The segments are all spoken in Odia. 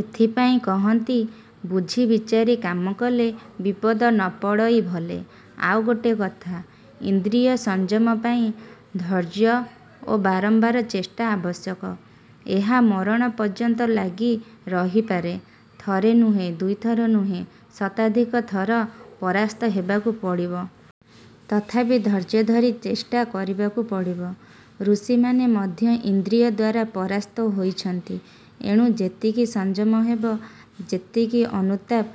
ଏଥିପାଇଁ କହନ୍ତି- ବୁଝି ବିଚାରି କାମ କଲେ ବିପଦ ନ ପଡ଼ଇ ଭଲେ। ଆଉ ଗୋଟିଏ କଥା, ଇନ୍ଦ୍ରିୟ-ସଂଯମ ପାଇଁ ଧୈର୍ଯ୍ୟ ଓ ବାରମ୍ବାର ଚେଷ୍ଟା ଆବଶ୍ୟକ। ଏହା ମରଣ ପର୍ଯ୍ୟନ୍ତ ଲାଗି ରହିପାରେ। ଥରେ ନୁହେଁ, ଦୁଇ ଥର ନୁହେଁ; ଶତାଧିକ ଥର ପରାସ୍ତ ହେବାକୁ ପଡ଼ିବ। ତଥାପି ଧୈର୍ଯ୍ୟ ଧରି ଚେଷ୍ଟା କରିବାକୁ ପଡ଼ିବ। ଋଷିମାନେ ମଧ୍ୟ ଇନ୍ଦ୍ରିୟଦ୍ଵାରା ପରାସ୍ତ ହୋଇଛନ୍ତି। ଏଣୁ ଯେତିକି ସଂଯମ ହେବ, ଯେତିକି ଅନୁତାପ;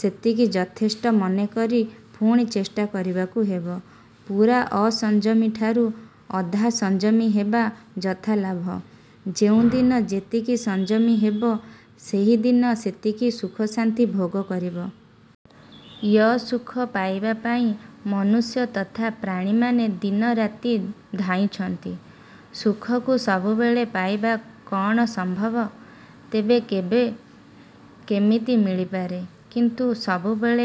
ସେତିକି ଯଥେଷ୍ଟ ମନେ କରି ପୁଣି ଚେଷ୍ଟା କରିବାକୁ ହେବ। ପୂରା ଅସଂଯମୀଠାରୁ ଅଧା ସଂଯମୀ ହେବା ଯଥାଲାଭ। ଯେଉଁ ଦିନ ଯେତିକି ସଂଯମୀ ହେବ ସେହି ଦିନ ସେତିକି ସୁଖଶାନ୍ତି ଭୋଗ କରିବ। ୟ-ସୁଖ ପାଇବା ପାଇଁ ମନୁଷ୍ୟ ତଥା ପ୍ରାଣୀମାନେ ଦିନରାତି ଧାଇଁଛନ୍ତି। ସୁଖକୁ ସବୁବେଳେ ପାଇବା କଅଣ ସମ୍ଭବ? ତେବେ କେବେ କେମିତି ମିଳିପାରେ, କିନ୍ତୁ ସବୁବେଳେ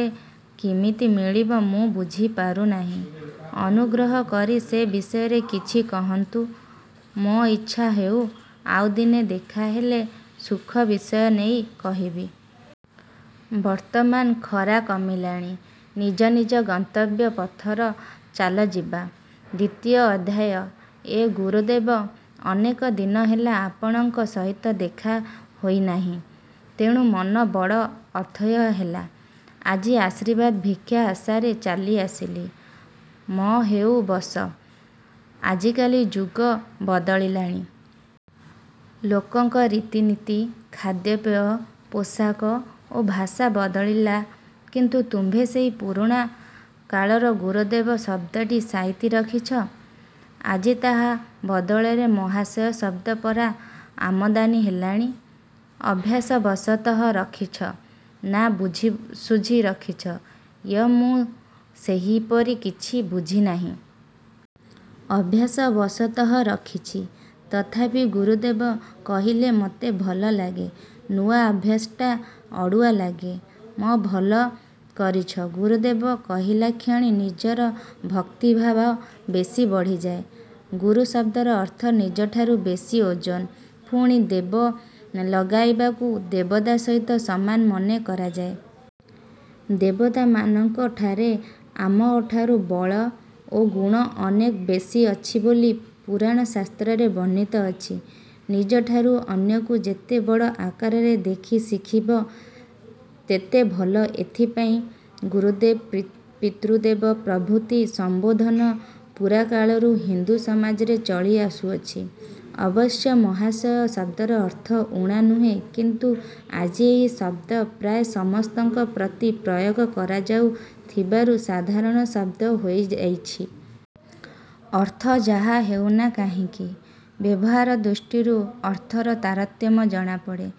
କିମିତି ମିଳିବ ମୁଁ ବୁଝିପାରୁନାହିଁ। ଅନୁଗ୍ରହ କରି ସେ ବିଷୟରେ କିଛି କହନ୍ତୁ। ମ-ଆଚ୍ଛା ହେଉ, ଆଉ ଦିନେ ଦେଖା ହେଲେ ସୁଖ ବିଷୟ ନେଇ କହିବି। ବର୍ତ୍ତମାନ ଖରା କମିଲାଣି, ନିଜ ନିଜ ଗନ୍ତବ୍ୟ ପଥର ଚାଲ ଯିବା। ଦ୍ଵିତୀୟ ଅଧ୍ୟାୟ ୟ-ଗୁରୁଦେବ, ଅନେକ ଦିନ ହେଲା ଆପଣଙ୍କ ସହିତ ଦେଖା ହୋଇନାହିଁ। ତେଣୁ ମନ ବଡ଼ ଅଥୟ ହେଲା। ଆଜି ଆଶୀର୍ବାଦ ଭିକ୍ଷା ଆଶାରେ ଚାଲି ଆସିଲି। ମ-ହେଉ, ବସ। ଆଜିକାଲି ଯୁଗ ବଦଳିଲା। ଲୋକଙ୍କ ରୀତିନୀତି, ଖାଦ୍ୟପେୟ, ପୋଷାକ ଓ ଭାଷା ବଦଳିଲା କିନ୍ତୁ ତୁମ୍ଭେ ସେହି ପୁରୁଣା କାଳର 'ଗୁରୁଦେବ' ଶବ୍ଦଟି ସାଇତି ରଖିଛ-। ଆଜି ତାହା ବଦଳରେ 'ମହାଶୟ' ଶବ୍ଦ ପରା ଆମଦାନୀ ହେଲାଣି। ଅଭ୍ୟାସ ବଶତଃ ରଖିଛ, ନାଁ ବୁଝି ଶୁଝି ରଖିଛ? ୟ-ମୁଁ ସେପରି କିଛି ବୁଝିନାହିଁ। ଅଭ୍ୟାସ ବଶତଃ ରଖିଛି। ତଥାପି ଗୁରୁଦେବ କହିଲେ ମୋତେ ଭଲ ଲାଗେ। ନୂଆ ଅଭ୍ୟାସଟା ଅଡ଼ୁଆ ଲାଗେ। ମ-ଭଲ କରିଛ। ଗୁରୁଦେବ କହିଲାକ୍ଷଣି ନିଜର ଭକ୍ତିଭାବ ବେଶୀ ବଢ଼ିଯାଏ। ଗୁରୁ ଶବ୍ଦର ଅର୍ଥ ନିଜଠାରୁ ବେଶୀ ଓଜନ। ପୁଣି ଦେବ ଲଗାଇବାରୁ ଦେବତା ସହିତ ସମାନ ମନେ କରାଯାଏ। ଦେବତା-ମାନଙ୍କଠାରେ ଆମଠାରୁ ବଳ ଓ ଗୁଣ ଅନେକ ବେଶୀ ଅଛି ବୋଲି ପୁରାଣ ଶାସ୍ତ୍ରରେ ବର୍ଣ୍ଣିତ ଅଛି। ନିଜଠାରୁ ଅନ୍ୟକୁ ଯେତେ ବଡ଼ ଆକାରରେ ଦେଖି ଶିଖିବ ତେତେ ଭଲ ଏଥିପାଇଁ ଗୁରୁଦେବ, ପିତୃଦେବ ପ୍ରଭୃତି ସମ୍ବୋଧନ ପୁରାକାଳରୁ ହିନ୍ଦୁ ସମାଜରେ ଚଳି ଆସୁଅଛି। ଅବଶ୍ୟ ମହାଶୟ ଶବ୍ଦର ଅର୍ଥ ଊଣା ନୁହେଁ କିନ୍ତୁ ଆଜି ଏହି ଶବ୍ଦ ପ୍ରାୟ ସମସ୍ତଙ୍କ ପ୍ରତି ପ୍ରୟୋଗ କରାଯାଉ ଥିବାରୁ ସାଧାରଣ ଶବ୍ଦ ହୋଇଯାଇଛି। ଅର୍ଥ ଯାହା ହେଉନା କାହିଁକି, ବ୍ୟବହାର ଦୃଷ୍ଟିରୁ ଅର୍ଥର ତାରତମ୍ୟ ଜଣାପଡ଼େ।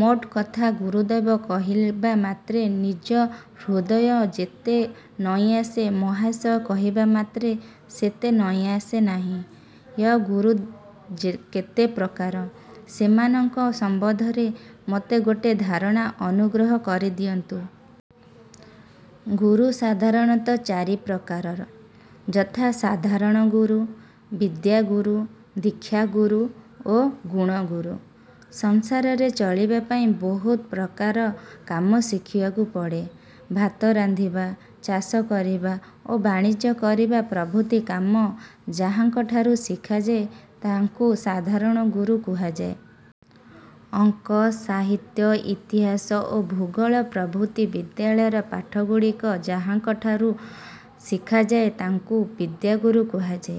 ମୋଟ କଥା ଗୁରୁଦେବ କହିବା ମାତ୍ରେ ନିଜ ହୃଦୟ ଯେତେ ନଇଁଆସେ; ମହାଶୟ କହିବାମାତ୍ରେ। ସେତେ ନଇଁଆସେ ନାହିଁ। ୟ-ଗୁରୁ କେତେ ପ୍ରକାର? ସେମାନଙ୍କ ସମ୍ବନ୍ଧରେ ମୋତେ ଗୋଟିଏ ଧାରଣା ଅନୁଗ୍ରହ କରି ଦିଅନ୍ତୁ। ମ-ଗୁରୁ ସାଧାରଣତଃ ଚାରି ପ୍ରକାର ଯଥା-ସାଧାରଣ ଗୁରୁ, ବିଦ୍ୟାଗୁରୁ, ଦୀକ୍ଷାଗୁରୁ ଓ ଗୁଣ ଗୁରୁ। ସଂସାରରେ ଚଳିବା ପାଇଁ ବହୁତ ପ୍ରକାର କାମ ଶିଖିବାକୁ ପଡ଼େ। ଭାତ ରାନ୍ଧିବା, ଚାଷ କରିବା ଓ ବାଣିଜ୍ୟ କରିବା ପ୍ରଭୃତି କାମ ଯାହାଙ୍କ ଠାରୁ ଶିଖାଯାଏ ତାଙ୍କୁ ସାଧାରଣ ଗୁରୁ କୁହାଯାଏ। ଅଙ୍କ, ସାହିତ୍ୟ, ଇତିହାସ ଓ ଭୂଗୋଳ ପ୍ରଭୃତି ବିଦ୍ୟାଳୟର ପାଠଗୁଡ଼ିକ ଯାହାଙ୍କ ଠାରୁ ଶିଖାଯାଏ ତାଙ୍କୁ ବିଦ୍ୟାଗୁରୁ କୁହାଯାଏ।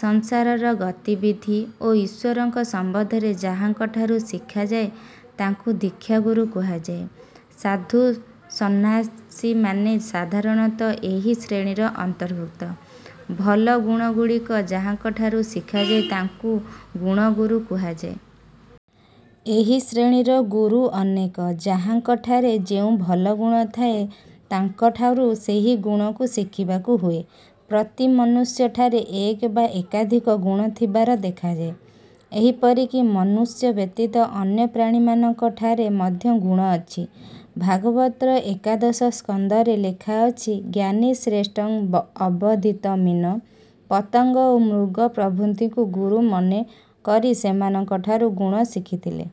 ସଂସାରର ଗତିବିଧି ଓ ଈଶ୍ଵରଙ୍କ ସମ୍ବନ୍ଧରେ ଯାହାଙ୍କ ଠାରୁ ଶିଖାଯାଏ ତାଙ୍କୁ ଦୀକ୍ଷାଗୁରୁ କୁହାଯାଏ। ସାଧୁ ସନ୍ନ୍ୟାସୀମାନେ ସାଧାରଣତଃ ଏହି ଶ୍ରେଣୀର ଅନ୍ତର୍ଗତ। ଭଲ ଗୁଣଗୁଡ଼ିକ ଯାହାଙ୍କଠାରୁ ଶିଖାଯାଏ ତାଙ୍କୁ ଗୁଣଗୁରୁ କୁହାଯାଏ। ଏହି ଶ୍ରେଣୀର ଗୁରୁ ଅନେକ। ଯାହାଙ୍କଠାରେ ଯେଉଁ ଭଲ ଗୁଣ ଥାଏ ତାଙ୍କଠାରୁ ସେହି ଗୁଣକୁ ଶିଖିବାକୁ ହୁଏ। ପ୍ରତି ମନୁଷ୍ୟ ଠାରେ ଏକ ବା ଏକାଧିକ ଗୁଣ ଥିବାର ଦେଖାଯାଏ। ଏପରିକି ମନୁଷ୍ୟ ବ୍ୟତୀତ ଅନ୍ୟ ପ୍ରାଣୀମାନଙ୍କ ଠାରେ ମଧ୍ୟ ଗୁଣ ଅଛି। ଭାଗବତର ଏକାଦଶସ୍କନ୍ଧରେ ଲେଖାଅଛି, ଜ୍ଞାନୀ ଶ୍ରେଷ୍ଠ ଅବଧୂତ ମୀନ, ପତଙ୍ଗ ଓ ମୃଗ ପ୍ରଭୃତିଙ୍କୁ ଗୁରୁ ମନେକରି ସେମାନଙ୍କଠାରୁ ଗୁଣ ଶିଖିଥିଲେ-।